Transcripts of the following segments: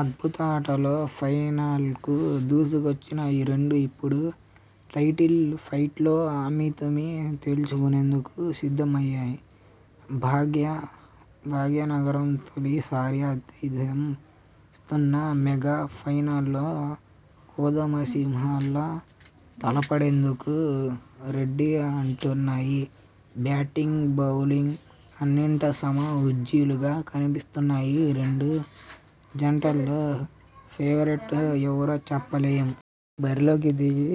అద్భుత ఆటతో ఫైనల్కు దూసుకొచ్చిన ఈ రెండూ ఇప్పుడు టైటిల్ ఫైట్లో అమీతుమీ తేల్చుకునేందుకు సిద్ధమయ్యాయి! భాగ్యనగరం తొలి సారి ఆతిథ్యం ఇస్తున్న మెగా ఫైనల్లో కొదమసింహాల్లా తలపడేందుకు రె'ఢీ' అంటున్నాయి! బ్యాటింగ్ బౌలింగ్ అన్నింటా సమ ఉజ్జీలుగా కనిపిస్తున్న ఈ రెండు జట్లలో ఫేవరెట్ ఎవరో చెప్పలేం! బరిలోకి దిగి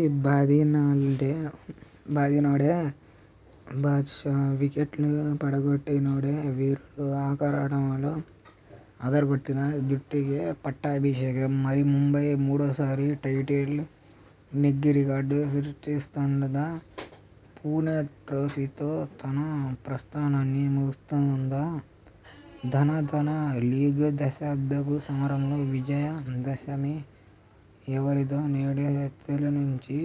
బాదినోడే బాద్షా వికెట్లు పడగొట్టినోడే వీరుడు ఆఖరాటలో అదరగొట్టిన జట్టుకే పట్టాభిషేకం! మరి, ముంబై మూడోసారి టైటిల్ నెగ్గి రికార్డు సృష్టిస్తుందా పుణె ట్రోఫీతో తన ప్రస్థానాన్ని ముగిస్తుందా! ధనాధన లీగ్ దశాబ్దపు సమరంలో విజయ 'దశ'మి ఎవరిదో నేడే తేలనుంది!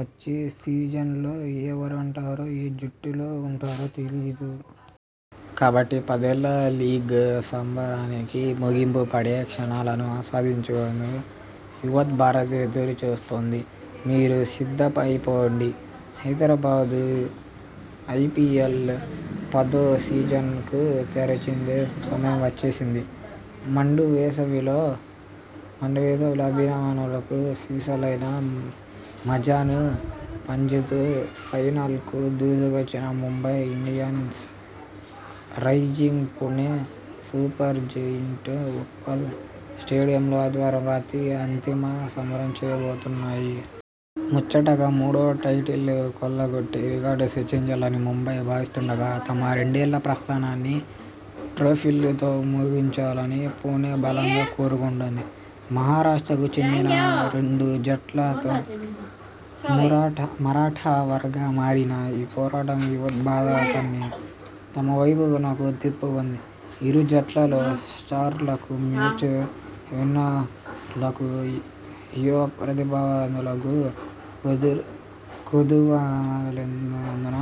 వచ్చే సీజన్లో ఎవరుంటారో ఏ జట్టులో ఉంటారో తెలీదు. కాబట్టి పదేళ్ల లీగ్ సంబరానికి ముగింపు పడే క్షణాలను ఆస్వాదించేందుకు యావత్ భారత్ ఎదురుచూస్తోంది! మీరూ సిద్ధమైపోండి! హైదరాబాద్ ఐపీఎల్ పదో సీజనకు తెరదించే సమయం వచ్చేసింది. మండు వేసవిలో అభిమానులకు సిసలైన మజాను పంచుతూ ఫైనల్కు దూసుకొచ్చిన Mumbai Indians, Rising Pune Supergiant Uppal స్టేడియంలో ఆదివారం రాత్రి అంతిమ సమరం చేయబోతున్నాయి. ముచ్చటగా మూడో టైటిల్ కొల్లగొట్టి రికార్డు సృష్టించాలని ముంబై భావిస్తుండగా తమ రెండేళ్ల ప్రస్థానాన్ని ట్రోఫీతో ముగించాలని పుణె బలంగా కోరుకుంటోంది. మహారాష్ట్రకు చెందిన రెండు జట్లతో మరాఠా వార్గా మారిన ఈ పోరాటం యావత్ భారతాన్ని తమ వైపునకు తిప్పుకొంది. ఇరు జట్లలో స్టార్లకు, మ్యాచ్ విన్నర్లకు, యువ ప్రతిభావంతులకు కొదువలేనందున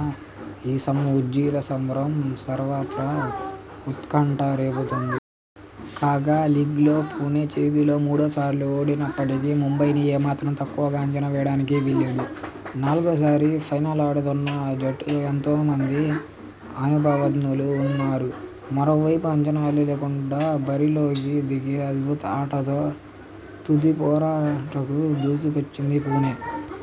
ఈ సమ ఉజ్జీల సమరం సర్వత్రా ఉత్కంఠ రేపుతోంది. కాగా లీగ్లో పుణె చేతిలో మూడుసార్లు ఓడినప్పటికీ ముంబైని ఏ మాత్రం తక్కువగా అంచనా వేయడానికి వీల్లేదు. నాలుగోసారి ఫైనల్ ఆడుతున్న ఆ జట్టులో ఎంతో మంది అనుభవజ్ఞులు ఉన్నారు. మరో వైపు అంచనాలే లేకుండా బరిలోకి దిగి అద్భుత ఆటతో తుదిపోరుకు దూసుకొచ్చింది పుణె.